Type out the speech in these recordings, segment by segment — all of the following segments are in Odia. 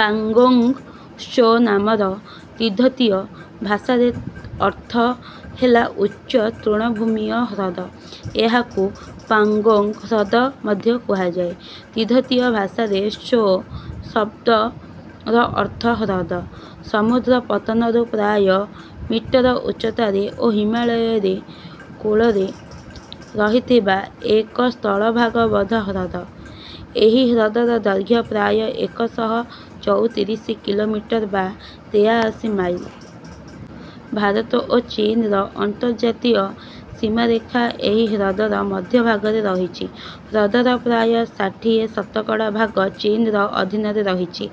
ପାଂଗୋଂଗ୍ ତ୍ସୋ ନାମର ତିବ୍ୱତୀୟ ଭାଷାରେ ଅର୍ଥ ହେଲା ଉଚ୍ଚ ତୃଣଭୂମୀୟ ହ୍ରଦ। ଏହାକୁ ପାଂଗୋଂଗ୍ ହ୍ରଦ ମଧ୍ୟ କୁହାଯାଏ। ତିବ୍ୱତୀୟ ଭାଷାରେ ତ୍ସୋ ଶବ୍ଦର ଅର୍ଥ ହ୍ରଦ। ସମୁଦ୍ରପତନରୁ ପ୍ରାୟ ମିଟର୍ ଉଚ୍ଚତାରେ ଓ ହିମାଳୟରେ କୋଳରେ ରହିଥିବା ଏକ ସ୍ଥଳଭାଗବଦ୍ଧ ହ୍ରଦ। ଏହି ହ୍ରଦର ଦୈର୍ଘ୍ୟ ପ୍ରାୟ ଏକ ଶହ ଚଉତିରିଶ କିଲୋମିଟର୍ ବା ତେୟାଅଶୀ ମାଇଲ୍। ଭାରତ ଓ ଚୀନର ଅନ୍ତର୍ଜାତୀୟ ସୀମାରେଖା ଏହି ହ୍ରଦର ମଧ୍ୟଭାଗରେ ରହିଛି। ହ୍ରଦର ପ୍ରାୟ ଷାଠିଏ ଶତକଡା ଭାଗ ଚୀନର ଅଧୀନରେ ରହିଛି।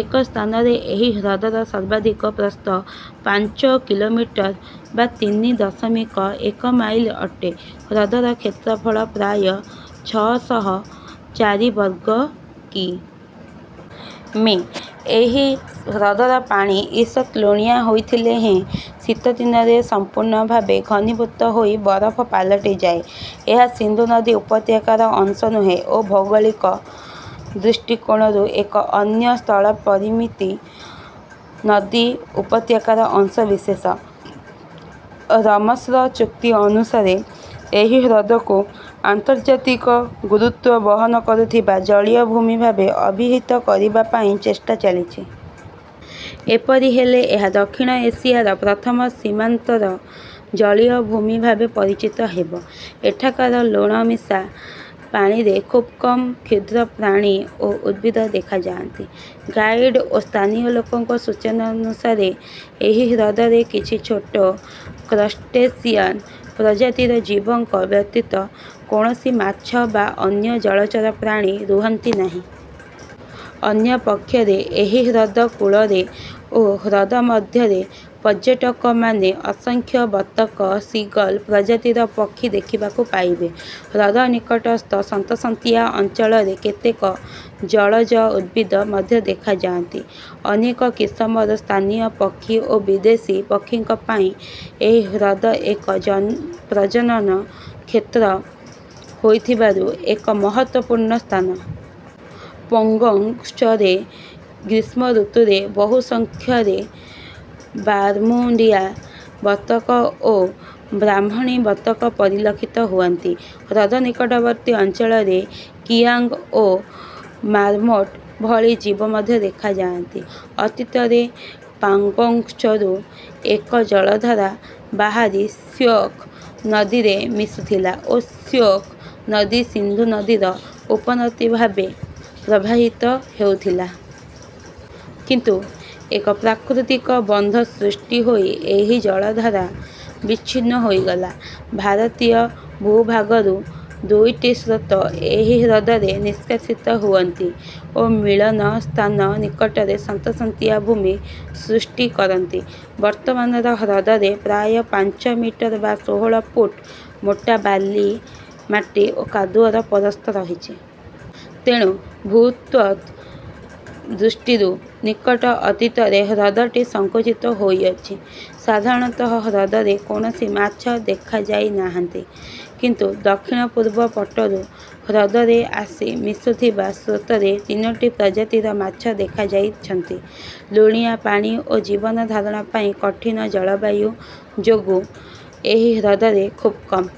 ଏକ ସ୍ଥାନରେ ଏହି ହ୍ରଦର ସର୍ବାଧିକ ପ୍ରସ୍ଥ ପାଞ୍ଚ କିଲୋମିଟର୍ ବା ତିନି ଦଶମିକ ଏକ ମାଇଲ୍ ଅଟେ। ହ୍ରଦର କ୍ଷେତ୍ରଫଳ ପ୍ରାୟ ଛଅ ଶହ ଚାରି ବର୍ଗ କି. ମି.। ଏହି ହ୍ରଦର ପାଣି ଈଷତ୍ ଲୁଣିଆ ହୋଇଥିଲେ ହେଁ ଶୀତଦିନରେ ସମ୍ପୂର୍ଣ୍ଣ ଭାବେ ଘନୀଭୂତ ହୋଇ ବରଫ ପାଲଟିଯାଏ। ଏହା ସିନ୍ଧୁ ନଦୀ ଉପତ୍ୟକାର ଅଂଶ ନୁହେଁ ଓ ଭୌଗୋଳିକ ଦୃଷ୍ଟିକୋଣରୁ ଏକ ଅନ୍ୟ ସ୍ଥଳପରିମୀତି ନଦୀ ଉପତ୍ୟକାର ଅଂଶବିଶେଷ। ରାମସର ଚୁକ୍ତି ଅନୁସାରେ ଏହି ହ୍ରଦକୁ ଅନ୍ତର୍ଯାତିକ ଗୁରୁତ୍ତ୍ୱ ବହନ କରୁଥିବା ଜଳୀୟଭୂମି ଭାବେ ଅଭିହିତ କରିବା ପାଇଁ ଚେଷ୍ଟା ଚାଲିଛି। ଏପରି ହେଲେ ଏହା ଦକ୍ଷିଣ ଏସିଆର ପ୍ରଥମ ସୀମାନ୍ତର ଜଳୀୟଭୂମି ଭାବେ ପରିଚିତ ହେବ। ଏଠାକାର ଲୁଣମିଶା ପାଣିରେ ଖୁବ୍ କମ୍ କ୍ଷୁଦ୍ରପ୍ରାଣୀ ଓ ଉଦ୍ଭିଦ ଦେଖାଯାନ୍ତି। ଗାଇଡ୍ ଓ ସ୍ଥାନୀୟ ଲୋକଙ୍କ ସୂଚନାନୁସାରେ ଏହି ହ୍ରଦରେ କିଛି ଛୋଟ କ୍ରଷ୍ଟେସିୟାନ୍ ପ୍ରଜାତିର ଜୀବ ଙ୍କ ବ୍ୟତୀତ କୌଣସି ମାଛ ବା ଅନ୍ୟ ଜଳଚର ପ୍ରାଣୀ ରୁହନ୍ତି ନାହିଁ। ଅନ୍ୟ ପକ୍ଷରେ ଏହି ହ୍ରଦକୂଳରେ ଓ ହ୍ରଦମଧ୍ୟରେ ପର୍ଯ୍ୟଟକମାନେ ଅସଂଖ୍ୟ ବତକ ସିଗଲ୍ ପ୍ରଜାତିର ପକ୍ଷୀ ଦେଖିବାକୁ ପାଇବେ। ହ୍ରଦ ନିକଟସ୍ଥ ସନ୍ତସନ୍ତିଆ ଅଞ୍ଚଳରେ କେତେକ ଜଳଜ ଉଦ୍ଭିଦ ମଧ୍ୟ ଦେଖାଯାନ୍ତି। ଅନେକ କିସମର ସ୍ଥାନୀୟ ପକ୍ଷୀ ଓ ବିଦେଶୀ ପକ୍ଷୀଙ୍କ ପାଇଁ ଏହି ହ୍ରଦ ଏକ ପ୍ରଜନନ କ୍ଷେତ୍ର ହୋଇଥିବାରୁ ଏକ ମହତ୍ତ୍ୱପୂର୍ଣ୍ଣ ସ୍ଥାନ। ପାଂଗୋଂଗ୍ ତ୍ସୋରେ ଗ୍ରୀଷ୍ମଋତୁରେ ବହୁ ସଂଖ୍ୟାରେ ବାର୍ମୁଣ୍ଡିଆ ବତକ ଓ ବ୍ରାହ୍ମଣୀ ବତକ ପରିଲକ୍ଷିତ ହୁଅନ୍ତି। ହ୍ରଦ ନିକଟବର୍ତ୍ତୀ ଅଞ୍ଚଳରେ କିଆଂଗ୍ ଓ ମାର୍ମୋଟ୍ ଭଳି ଜୀବ ମଧ୍ୟ ଦେଖାଯାନ୍ତି। ଅତୀତରେ ପାଂଗୋଂଗ୍ ତ୍ସୋରୁ ଏକ ଜଳଧାରା ବାହାରି ଶ୍ୟୋକ୍ ନଦୀରେ ମିଶୁଥିଲା ଓ ଶ୍ୟୋକ୍ ନଦୀ ସିନ୍ଧୁ ନଦୀର ଉପନଦୀ ଭାବେ ପ୍ରବାହିତ ହେଉଥିଲା। କିନ୍ତୁ ଏକ ପ୍ରାକୃତିକ ବନ୍ଧ ସୃଷ୍ଟି ହୋଇ ଏହି ଜଳଧାରା ବିଚ୍ଛିନ୍ନ ହୋଇଗଲା। ଭାରତୀୟ ଭୂଭାଗରୁ ଦୁଇଟି ସ୍ରୋତ ଏହି ହ୍ରଦରେ ନିଷ୍କାସିତ ହୁଅନ୍ତି ଓ ମିଳନ ସ୍ଥାନ ନିକଟରେ ସନ୍ତସନ୍ତିଆ ଭୂମି ସୃଷ୍ଟି କରନ୍ତି। ବର୍ତ୍ତମାନର ହ୍ରଦରେ ପ୍ରାୟ ପାଞ୍ଚ ମିଟର୍ ବା ଷୋହଳ ଫୁଟ୍ ମୋଟା ବାଲି ମାଟି ଓ କାଦୁଅର ପରସ୍ତ ରହିଛି। ତେଣୁ ଭୂତତ୍ତ୍ୱ ଦୃଷ୍ଟିରୁ ନିକଟ ଅତୀତରେ ହ୍ରଦଟି ସଂକୁଚିତ ହୋଇଅଛି। ସାଧାରଣତଃ ହ୍ରଦରେ କୌଣସି ମାଛ ଦେଖାଯାଇନାହାନ୍ତି। କିନ୍ତୁ ଦକ୍ଷିଣପୂର୍ବ ପଟରୁ ହ୍ରଦରେ ଆସି ମିଶୁଥିବା ସ୍ରୋତ ରେ ତିନୋଟି ପ୍ରଜାତିର ମାଛ ଦେଖାଯାଇଛନ୍ତି। ଲୁଣିଆ ପାଣି ଓ ଜୀବନଧାରଣ ପାଇଁ କଠିନ ଜଳବାୟୁ ଯୋଗୁଁ ଏହି ହ୍ରଦରେ ଖୁବ୍ କମ୍